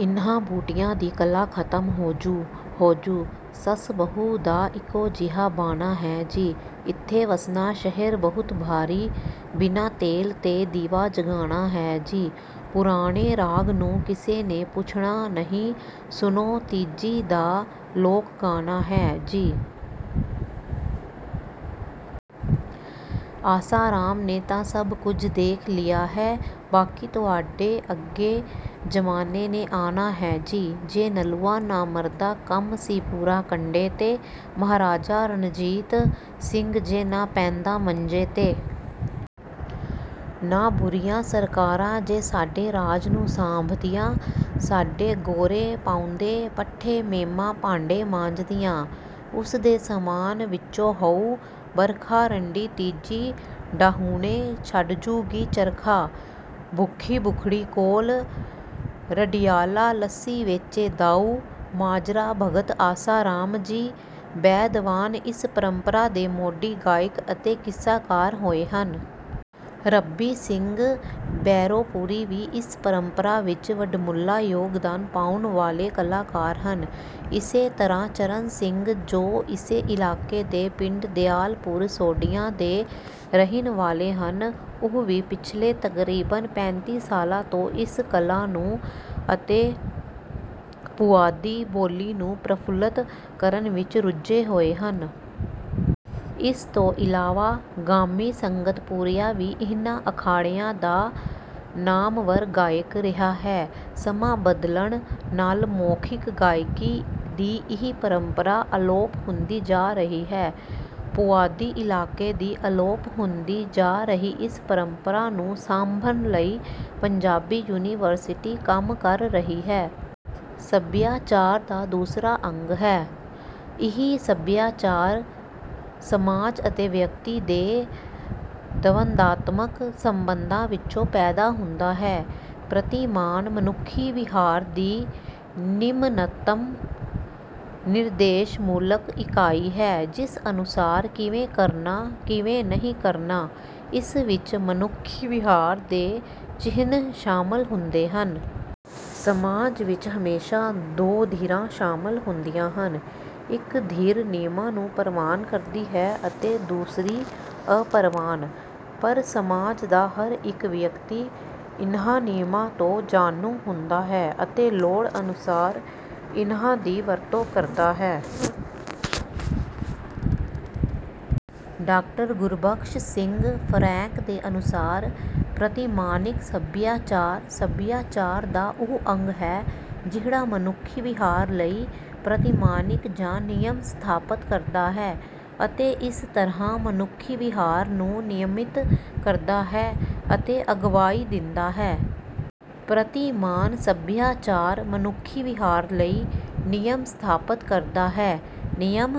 ਇਨ੍ਹਾਂ ਬੂਟੀਆਂ ਦੀ ਕਲਾ ਖਤਮ ਹੋਜੂ ਹੋਜੂ ਸੱਸ ਬਹੂ ਦਾ ਇੱਕੋ ਜਿਹਾ ਬਾਣਾ ਹੈ ਜੀ। ਇੱਥੇ ਵਸਣਾ ਸ਼ਹਿਰ ਬਹੁਤ ਭਾਰੀ ਬਿਨਾਂ ਤੇਲ ਤੇ ਦੀਵਾ ਜਗਾਣਾ ਹੈ ਜੀ। ਪੁਰਾਣੇ ਰਾਗ ਨੂੰ ਕਿਸੇ ਨੇ ਪੁੱਛਣਾ ਨਹੀਂ ਸੁਣੋ ਤੀਜੀ ਦਾ ਲੋਕ ਗਾਣਾ ਹੈ ਜੀ। ਆਸਾ ਰਾਮ ਨੇ ਤਾਂ ਸਭ ਕੁਝ ਦੇਖ ਲਿਆ ਹੈ ਬਾਕੀ ਤੁਹਾਡੇ ਅੱਗੇ ਜਮਾਨੇ ਨੇ ਆਣਾ ਹੈ ਜੀ। ਜੇ ਨਲੂਆ ਨਾ ਮਰਦਾ ਕੰਮ ਸੀ ਪੂਰਾ ਕੰਢੇ ਤੇ। ਮਹਾਰਾਜਾ ਰਣਜੀਤ ਸਿੰਘ ਜੇ ਨਾ ਪੈਂਦਾ ਮੰਜੇ ਤੇ। ਨਾ ਬੁਰੀਆਂ ਸਰਕਾਰਾਂ ਜੇ ਸਾਡੇ ਰਾਜ ਨੂੰ ਸਾਂਭਦੀਆਂ। ਸਾਡੇ ਗੋਰੇ ਪਾਉਂਦੇ ਪੱਠੇ ਮੇਮਾਂ ਭਾਂਡੇ ਮਾਂਜਦੀਆਂ। ਉਸ ਦੇ ਸਮਾਨ ਵਿੱਚੋਂ ਹੋਊ ਬਰਖਾ ਰੰਡੀ ਤੀਜੀ ਡਾਹੁਣੋਂ ਛੱਡ ਜੂ ਗੀ ਚਰਖਾ ਭੁੱਖੀ ਭੁਖੜੀ ਕੋਲ ਰਡਿਆਲਾ ਲੱਸੀ ਵੇਚੇ ਦਾਊ ਮਾਜਰਾ ਭਗਤ ਆਸਾ ਰਾਮ ਜੀ ਬੈਦਵਾਣ ਇਸ ਪਰੰਪਰਾ ਦੇ ਮੋਢੀ ਗਾਇਕ ਅਤੇ ਕਿੱਸਾਕਾਰ ਹੋਏ ਹਨ। ਰੱਬੀ ਸਿੰਘ ਬੈਂਰੋਂਪੁਰੀ ਵੀ ਇਸ ਪਰੰਪਰਾ ਵਿੱਚ ਵਡਮੁੱਲਾ ਯੋਗਦਾਨ ਪਾਉਣ ਵਾਲੇ ਕਲਾਕਾਰ ਹਨ। ਇਸੇ ਤਰ੍ਹਾਂ ਚਰਨ ਸਿੰਘ ਜੋ ਇਸੇ ਇਲਾਕੇ ਦੇ ਪਿੰਡ ਦਿਆਲਪੁਰ ਸੋਢੀਆਂ ਦੇ ਰਹਿਣ ਵਾਲੇ ਹਨ ਉਹ ਵੀ ਪਿਛਲੇ ਤਕਰੀਬਨ ਪੈਂਤੀ ਸਾਲਾਂ ਤੋਂ ਇਸ ਕਲਾ ਨੂੰ ਅਤੇ ਪੁਆਧੀ ਬੋਲੀ ਨੂੰ ਪ੍ਰਫੁੱਲਤ ਕਰਨ ਵਿੱਚ ਰੁਝੇ ਹੋਏ ਹਨ। ਇਸ ਤੋਂ ਇਲਾਵਾ ਗਾਮੀ ਸੰਗਤਪੁਰੀਆ ਵੀ ਇਹਨਾਂ ਅਖਾੜਿਆਂ ਦਾ ਨਾਮਵਰ ਗਾਇਕ ਰਿਹਾ ਹੈ। ਸਮਾਂ ਬਦਲਣ ਨਾਲ ਮੌਖਿਕ ਗਾਇਕੀ ਦੀ ਇਹ ਪਰੰਪਰਾ ਅਲੋਪ ਹੁੰਦੀ ਜਾ ਰਹੀ ਹੈ। ਪੁਆਧੀ ਇਲਾਕੇ ਦੀ ਅਲੋਪ ਹੁੰਦੀ ਜਾ ਰਹੀ ਇਸ ਪਰੰਪਰਾ ਨੂੰ ਸਾਂਭਣ ਲਈ ਪੰਜਾਬੀ ਯੂਨੀਵਰਸਿਟੀ ਕੰਮ ਕਰ ਰਹੀ ਹੈ। ਸਭਿਆਚਾਰ ਦਾ ਦੂਸਰਾ ਅੰਗ ਹੈ। ਇਹ ਸਭਿਆਚਾਰ ਸਮਾਜ ਅਤੇ ਵਿਅਕਤੀ ਦੇ ਦਵੰਦਾਤਮਕ ਸੰਬੰਧਾਂ ਵਿੱਚੋਂ ਪੈਦਾ ਹੁੰਦਾ ਹੈ। ਪ੍ਰਤਿਮਾਨ ਮਨੁੱਖੀ ਵਿਹਾਰ ਦੀ ਨਿਮਨਤਮ ਨਿਰਦੇਸ਼ਮੂਲਕ ਇਕਾਈ ਹੈ ਜਿਸ ਅਨੁਸਾਰ ਕਿਵੇਂ ਕਰਨਾ ਕਿਵੇਂ ਨਹੀਂ ਕਰਨਾ। ਇਸ ਵਿੱਚ ਮਨੁੱਖੀ ਵਿਹਾਰ ਦੇ ਚਿਹਨ ਸ਼ਾਮਲ ਹੁੰਦੇ ਹਨ। ਸਮਾਜ ਵਿੱਚ ਹਮੇਸ਼ਾ ਦੋ ਧਿਰਾਂ ਸ਼ਾਮਲ ਹੁੰਦੀਆਂ ਹਨ ਇੱਕ ਧਿਰ ਨਿਯਮਾਂ ਨੂੰ ਪਰਵਾਨ ਕਰਦੀ ਹੈ ਅਤੇ ਦੂਸਰੀ ਅਪਰਵਾਨ। ਪਰ ਸਮਾਜ ਦਾ ਹਰ ਇੱਕ ਵਿਅਕਤੀ ਇਨ੍ਹਾਂ ਨਿਯਮਾਂ ਤੋਂ ਜਾਣੂ ਹੁੰਦਾ ਹੈ ਅਤੇ ਲੋੜ ਅਨੁਸਾਰ ਇਨ੍ਹਾਂ ਦੀ ਵਰਤੋਂ ਕਰਦਾ ਹੈ। ਡਾਕਟਰ ਗੁਰਬਖਸ਼ ਸਿੰਘ ਫਰੈਂਕ ਦੇ ਅਨੁਸਾਰ ਪ੍ਰਤਿਮਾਨਿਕ ਸਭਿਆਚਾਰ ਸਭਿਆਚਾਰ ਦਾ ਉਹ ਅੰਗ ਹੈ ਜਿਹੜਾ ਮਨੁੱਖੀ ਵਿਹਾਰ ਲਈ ਪ੍ਰਤਿਮਾਨਿਕ ਜਾਂ ਨਿਯਮ ਸਥਾਪਤ ਕਰਦਾ ਹੈ ਅਤੇ ਇਸ ਤਰ੍ਹਾਂ ਮਨੁੱਖੀ ਵਿਹਾਰ ਨੂੰ ਨਿਯਮਿਤ ਕਰਦਾ ਹੈ ਅਤੇ ਅਗਵਾਈ ਦਿੰਦਾ ਹੈ। ਪ੍ਰਤਿਮਾਨ ਸਭਿਆਚਾਰ ਮਨੁੱਖੀ ਵਿਹਾਰ ਲਈ ਨਿਯਮ ਸਥਾਪਤ ਕਰਦਾ ਹੈ। ਨਿਯਮ